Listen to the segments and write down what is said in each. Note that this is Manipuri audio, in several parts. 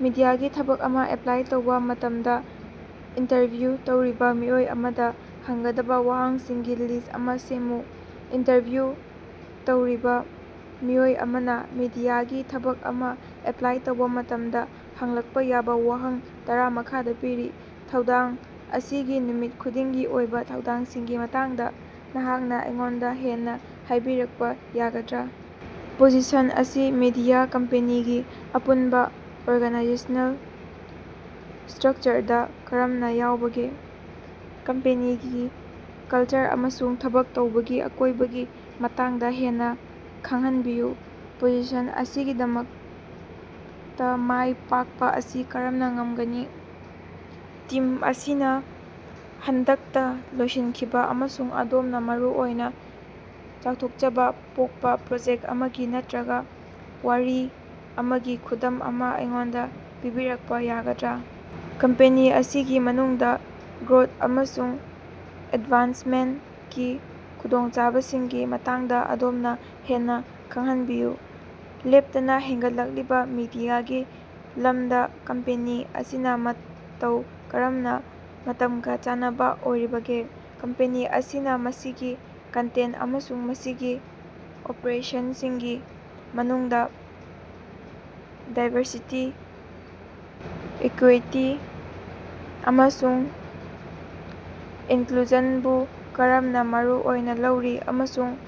ꯃꯤꯗꯤꯌꯥꯒꯤ ꯊꯕꯛ ꯑꯃ ꯑꯦꯞꯂꯥꯏ ꯇꯧꯕ ꯃꯇꯃꯗ ꯏꯟꯇꯔꯚ꯭ꯌꯨ ꯇꯧꯔꯤꯕ ꯃꯤꯑꯣꯏ ꯑꯃꯗ ꯍꯪꯒꯗꯕ ꯋꯥꯍꯪꯁꯤꯡꯒꯤ ꯂꯤꯁ ꯑꯃ ꯁꯦꯝꯃꯨ꯫ ꯏꯟꯇꯔꯚ꯭ꯌꯨ ꯇꯧꯔꯤꯕ ꯃꯤꯑꯣꯏ ꯑꯃꯅ ꯃꯤꯗꯤꯌꯥꯒꯤ ꯊꯕꯛ ꯑꯃ ꯑꯦꯞꯂꯥꯏ ꯇꯧꯕ ꯃꯇꯝꯗ ꯍꯪꯂꯛꯄ ꯌꯥꯕ ꯋꯥꯍꯪ ꯇꯔ ꯃꯈꯥꯗ ꯄꯤꯔꯤ꯫ ꯊꯧꯗꯥꯡ ꯑꯁꯤꯒꯤ ꯅꯨꯃꯤꯠ ꯈꯨꯗꯤꯡꯒꯤ ꯑꯣꯏꯕ ꯊꯧꯗꯥꯡꯁꯤꯡꯒꯤ ꯃꯇꯥꯡꯗ ꯅꯍꯥꯛꯅ ꯑꯩꯉꯣꯟꯗ ꯍꯦꯟꯅ ꯍꯥꯏꯕꯤꯔꯛꯄ ꯌꯥꯒꯗ꯭ꯔꯥ? ꯄꯣꯖꯤꯁꯟ ꯑꯁꯤ ꯃꯦꯗꯤꯌꯥ ꯀꯝꯄꯦꯅꯤꯒꯤ ꯑꯄꯨꯟꯕ ꯑꯣꯔꯒꯅꯥꯏꯖꯦꯁꯅꯦꯜ ꯁ꯭ꯇꯔꯀꯛꯆꯔꯗ ꯀꯔꯝꯅ ꯌꯥꯎꯕꯒꯦ? ꯀꯝꯄꯦꯅꯤꯒꯤ ꯀꯜꯆꯔ ꯑꯃꯁꯨꯡ ꯊꯕꯛ ꯇꯧꯕꯒꯤ ꯑꯀꯣꯏꯕꯒꯤ ꯃꯇꯥꯡꯗ ꯍꯦꯟꯅ ꯈꯪꯍꯟꯕꯤꯌꯨ? ꯄꯣꯖꯤꯁꯟ ꯑꯁꯤꯒꯤꯗꯃꯛꯇ ꯃꯥꯏ ꯄꯥꯛꯄ ꯑꯁꯤ ꯀꯔꯝꯅ ꯉꯝꯒꯅꯤ? ꯇꯤꯝ ꯑꯁꯤꯅ ꯍꯟꯗꯛꯇ ꯂꯣꯏꯁꯤꯟꯈꯤꯕ ꯑꯃꯁꯨꯡ ꯑꯗꯣꯝꯅ ꯃꯔꯨꯑꯣꯏꯅ ꯆꯥꯎꯊꯣꯛꯆꯕ ꯄꯣꯛꯄ ꯄ꯭ꯔꯣꯖꯦꯛ ꯑꯃꯒꯤ ꯅꯠꯇ꯭ꯔꯒ ꯋꯥꯔꯤ ꯑꯃꯒꯤ ꯈꯨꯗꯝ ꯑꯃ ꯑꯩꯉꯣꯟꯗ ꯄꯤꯕꯤꯔꯛꯄ ꯌꯥꯒꯗ꯭ꯔꯥ? ꯀꯝꯄꯦꯅꯤ ꯑꯁꯤꯒꯤ ꯃꯅꯨꯡꯗ ꯒ꯭ꯔꯣꯊ ꯑꯃꯁꯨꯡ ꯑꯦꯗꯚꯥꯟꯁꯃꯦꯟꯠꯀꯤ ꯈꯨꯗꯣꯡꯆꯥꯕꯁꯤꯡꯒꯤ ꯃꯇꯥꯡꯗ ꯑꯗꯣꯝꯅ ꯍꯦꯟꯅ ꯈꯪꯍꯟꯕꯤꯌꯨ? ꯂꯦꯞꯇꯅ ꯍꯦꯟꯒꯠꯂꯛꯂꯤꯕ ꯃꯤꯗꯤꯌꯥꯒꯤ ꯂꯃꯗ ꯀꯝꯄꯦꯅꯤ ꯑꯁꯤꯅ ꯃꯇꯧ ꯀꯔꯝꯅ ꯃꯇꯝꯒ ꯆꯥꯟꯅꯕ ꯑꯣꯏꯔꯤꯕꯒꯦ? ꯀꯝꯄꯦꯅꯤ ꯑꯁꯤꯅ ꯃꯁꯤꯒꯤ ꯀꯟꯇꯦꯟꯠ ꯑꯃꯁꯨꯡ ꯃꯁꯤꯒꯤ ꯑꯣꯄꯔꯦꯁꯟꯁꯤꯡꯒꯤ ꯃꯅꯨꯡꯗ ꯗꯥꯏꯕꯔꯁꯤꯇꯤ, ꯏꯀ꯭ꯌꯤꯇꯤ, ꯑꯃꯁꯨꯡ ꯏꯟꯀ꯭ꯂꯨꯖꯟꯕꯨ ꯀꯔꯝꯅ ꯃꯔꯨ ꯑꯣꯏꯅ ꯂꯧꯔꯤ ꯑꯃꯁꯨꯡ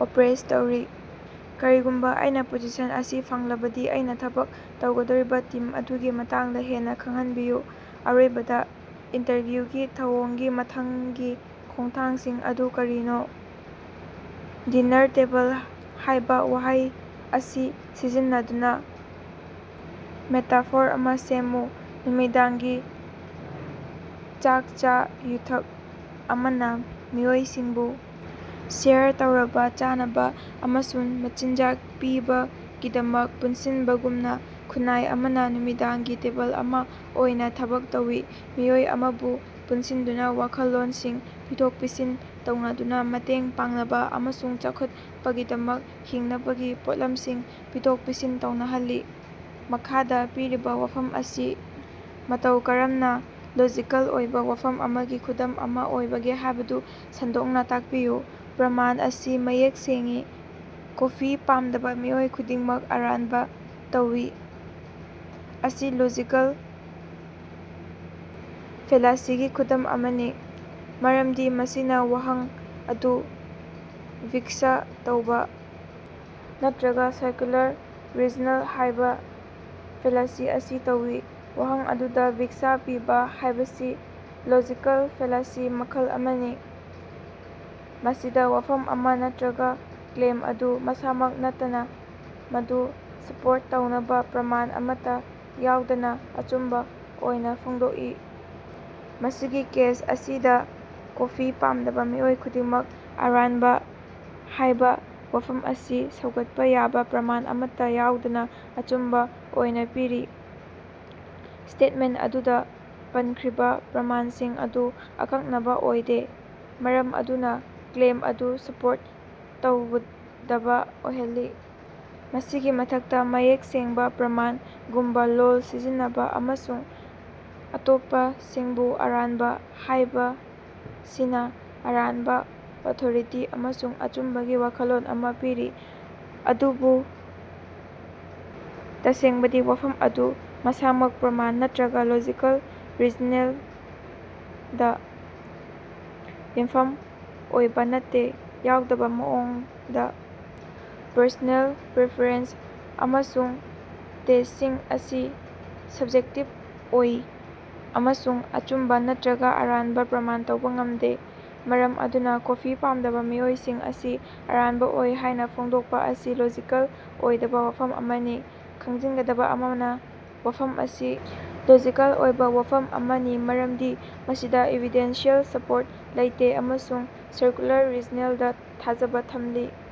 ꯑꯦꯄ꯭ꯔꯣꯆ ꯇꯧꯔꯤ? ꯀꯔꯤꯒꯨꯝꯕ ꯑꯩꯅ ꯄꯣꯖꯤꯁꯟ ꯑꯁꯤ ꯐꯪꯂꯕꯗꯤ ꯑꯩꯅ ꯊꯕꯛ ꯇꯧꯒꯗꯧꯔꯤꯕ ꯇꯤꯝ ꯑꯗꯨꯒꯤ ꯃꯇꯥꯡꯗ ꯍꯦꯟꯅ ꯈꯪꯍꯟꯕꯤꯌꯨ? ꯑꯔꯣꯏꯕꯗ, ꯏꯟꯇꯔꯚ꯭ꯌꯨꯒꯤ ꯊꯧꯑꯣꯡꯒꯤ ꯃꯊꯪꯒꯤ ꯈꯣꯡꯊꯥꯡꯁꯤꯡ ꯑꯗꯨ ꯀꯔꯤꯅꯣ? ꯗꯤꯅꯥꯔ ꯇꯦꯕꯜ ꯍꯥꯏꯕ ꯋꯥꯍꯩ ꯑꯁꯤ ꯁꯤꯖꯤꯟꯅꯗꯨꯅ ꯃꯦꯇꯥꯐꯣꯔ ꯑꯃ ꯁꯦꯝꯃꯨ꯫ ꯅꯨꯃꯤꯗꯥꯡꯒꯤ ꯆꯥꯛꯆꯥ-ꯌꯨꯊꯛ ꯑꯃꯅ ꯃꯤꯑꯣꯏꯁꯤꯡꯕꯨ ꯁꯦꯌꯔ ꯇꯧꯔꯕ ꯆꯥꯅꯕ ꯑꯃꯁꯨꯡ ꯃꯆꯤꯟꯖꯥꯛ ꯄꯤꯕꯒꯤꯗꯃꯛ ꯄꯨꯟꯁꯤꯟꯕꯒꯨꯝꯅ, ꯈꯨꯟꯅꯥꯏ ꯑꯃꯅ ꯅꯨꯃꯤꯗꯥꯡꯒꯤ ꯇꯦꯕꯜ ꯑꯃ ꯑꯣꯏꯅ ꯊꯕꯛ ꯇꯧꯏ, ꯃꯤꯑꯣꯏ ꯑꯃꯕꯨ ꯄꯨꯟꯁꯤꯟꯗꯨꯅ ꯋꯥꯈꯜꯂꯣꯅꯅꯁꯤꯡ ꯄꯤꯊꯣꯛ-ꯄꯤꯁꯤꯟ ꯇꯧꯅꯗꯨꯅ, ꯃꯇꯦꯡ ꯄꯥꯡꯅꯕ ꯑꯃꯁꯨꯡ ꯆꯥꯎꯈꯠꯄꯒꯤꯗꯃꯛ ꯍꯤꯡꯅꯕꯒꯤ ꯄꯣꯠꯂꯝꯁꯤꯡ ꯄꯤꯊꯣꯛ-ꯄꯤꯁꯤꯟ ꯇꯧꯅꯍꯜꯂꯤ꯫ ꯃꯈꯥꯗ ꯄꯤꯔꯤꯕꯥ ꯋꯥꯐꯝ ꯑꯁꯤ ꯃꯇꯧ ꯀꯔꯝꯅ ꯂꯣꯖꯤꯀꯦꯜ ꯑꯣꯏꯕ ꯋꯥꯐꯝ ꯑꯃꯒꯤ ꯈꯨꯗꯝ ꯑꯃ ꯑꯣꯏꯕꯒꯦ ꯍꯥꯏꯕꯗꯨ ꯁꯟꯗꯣꯛꯅ ꯇꯥꯛꯄꯤꯌꯨ꯫ ꯄ꯭ꯔꯃꯥꯟ ꯑꯁꯤ ꯃꯌꯦꯛ ꯁꯦꯡꯏ: ꯀꯣꯐꯤ ꯄꯥꯝꯗꯕ ꯃꯤꯑꯣꯏ ꯈꯨꯗꯤꯡꯃꯛ ꯑꯔꯥꯟꯕ ꯇꯧꯏ꯫ ꯑꯁꯤ ꯂꯣꯖꯤꯀꯦꯜ ꯐꯦꯂꯥꯁꯤꯒꯤ ꯈꯨꯗꯝ ꯑꯃꯅꯤ ꯃꯔꯝꯗꯤ ꯃꯁꯤꯅ ꯋꯥꯍꯪ ꯑꯗꯨ ꯚꯤꯛꯁꯥ ꯇꯧꯕ ꯅꯠꯇ꯭ꯔꯒ ꯁꯔꯀꯨꯂꯔ ꯔꯤꯖꯅꯦꯜ ꯍꯥꯏꯕ ꯐꯦꯂꯥꯁꯤ ꯑꯁꯤ ꯇꯧꯏ꯫ ꯋꯥꯍꯪ ꯑꯗꯨꯗ ꯚꯤꯛꯁꯥ ꯄꯤꯕ ꯍꯥꯏꯕꯁꯤ ꯂꯣꯖꯤꯀꯦꯜ ꯐꯦꯂꯥꯁꯤ ꯃꯈꯜ ꯑꯃꯅꯤ, ꯃꯁꯤꯗ ꯋꯥꯐꯝ ꯑꯃ ꯅꯠꯇ꯭ꯔꯒ ꯀ꯭ꯂꯦꯝ ꯑꯗꯨ ꯃꯁꯥꯃꯛ ꯅꯠꯇꯅ ꯃꯗꯨꯕꯨ ꯁꯄꯣꯔꯠ ꯇꯧꯅꯕ ꯄ꯭ꯔꯃꯥꯟ ꯑꯃꯠꯇ ꯌꯥꯎꯗꯅ ꯑꯆꯨꯝꯕ ꯑꯣꯏꯅ ꯐꯣꯡꯗꯣꯛꯏ꯫ ꯃꯁꯤꯒꯤ ꯀꯦꯁ ꯑꯁꯤꯗ 'ꯀꯣꯐꯤ ꯄꯥꯝꯗꯕ ꯃꯤꯑꯣꯏ ꯈꯨꯗꯤꯡꯃꯛ ꯑꯔꯥꯟꯕ' ꯍꯥꯏꯕ ꯋꯥꯐꯝ ꯑꯁꯤ ꯁꯧꯒꯠꯄ ꯌꯥꯕ ꯄ꯭ꯔꯃꯥꯟ ꯑꯃꯠꯇ ꯌꯥꯎꯗꯅ ꯑꯆꯨꯝꯕ ꯑꯣꯏꯅ ꯄꯤꯔꯤ꯫ ꯁ꯭ꯇꯦꯠꯃꯦꯟꯠ ꯑꯗꯨꯗ ꯄꯟꯈ꯭ꯔꯤꯕ ꯄ꯭ꯔꯃꯥꯟꯁꯤꯡ ꯑꯗꯨ ꯑꯀꯛꯅꯕ ꯑꯣꯏꯗꯦ, ꯃꯔꯝ ꯑꯗꯨꯅ ꯀ꯭ꯂꯦꯝ ꯑꯗꯨ ꯁꯄꯣꯔꯠ ꯇꯧꯗꯕ ꯑꯣꯏꯍꯜꯂꯤ꯫ ꯃꯁꯤꯒꯤ ꯃꯊꯛꯇ, ꯃꯌꯦꯛ ꯁꯦꯡꯕ ꯄ꯭ꯔꯃꯥꯟ ꯒꯨꯝꯕ ꯂꯣꯜ ꯁꯤꯖꯤꯟꯅꯕ ꯑꯃꯁꯨꯡ ꯑꯇꯣꯞꯄꯁꯤꯡꯕꯨ "ꯑꯔꯥꯟꯕ" ꯍꯥꯏꯕꯁꯤꯅ ꯑꯔꯥꯟꯕ ꯑꯣꯊꯣꯔꯤꯇꯤ ꯑꯃꯁꯨꯡ ꯑꯆꯨꯝꯕꯒꯤ ꯋꯥꯈꯜꯂꯣꯟ ꯑꯃ ꯄꯤꯔꯤ, ꯑꯗꯨꯕꯨ ꯇꯁꯦꯡꯕꯗꯤ ꯋꯥꯐꯝ ꯑꯗꯨ ꯃꯁꯥꯃꯛ ꯄ꯭ꯔꯃꯥꯟ ꯅꯠꯇ꯭ꯔꯒ ꯂꯣꯖꯤꯀꯦꯜ ꯔꯤꯖꯅꯦꯜꯗ ꯌꯨꯝꯐꯝ ꯑꯣꯏꯕ ꯅꯠꯇꯦ꯫ ꯌꯥꯎꯗꯕ ꯃꯑꯣꯡꯗ, ꯄꯔꯁꯣꯅꯦꯜ ꯄꯔꯐꯦꯔꯦꯟꯁ ꯑꯃꯁꯨꯡ ꯇꯦꯁꯁꯤꯡ ꯑꯁꯤ ꯁꯕꯖꯦꯛꯇꯤꯕ ꯑꯣꯏ ꯑꯃꯁꯨꯡ ꯑꯆꯨꯝꯕ ꯅꯠꯇ꯭ꯔꯒ ꯑꯔꯥꯟꯕ ꯄ꯭ꯔꯃꯥꯟ ꯇꯧꯕ ꯉꯝꯗꯦ, ꯃꯔꯝ ꯑꯗꯨꯅ ꯀꯣꯐꯤ ꯄꯥꯝꯗꯕ ꯃꯤꯑꯣꯏꯁꯤꯡ ꯑꯁꯤ ꯑꯔꯥꯟꯕ ꯑꯣꯏ ꯍꯥꯏꯅ ꯐꯣꯡꯗꯣꯛꯄ ꯑꯁꯤ ꯂꯣꯖꯤꯀꯦꯜ ꯑꯣꯏꯗꯕ ꯋꯥꯐꯝ ꯑꯃꯅꯤ꯫ ꯈꯪꯖꯤꯟꯒꯗꯕ ꯑꯃꯅ, ꯋꯥꯐꯝ ꯑꯁꯤ ꯂꯣꯖꯤꯀꯦꯜ ꯑꯣꯏꯕ ꯋꯥꯐꯝ ꯑꯃꯅꯤ ꯃꯔꯝꯗꯤ ꯃꯁꯤꯗ ꯏꯚꯤꯗꯦꯟꯁꯤꯑꯦꯜ ꯁꯄꯣꯔꯠ ꯂꯩꯇꯦ ꯑꯃꯁꯨꯡ ꯁꯔꯀꯨꯂꯔ ꯔꯤꯖꯅꯦꯜꯗ ꯊꯥꯖꯕ ꯊꯝꯂꯤ꯫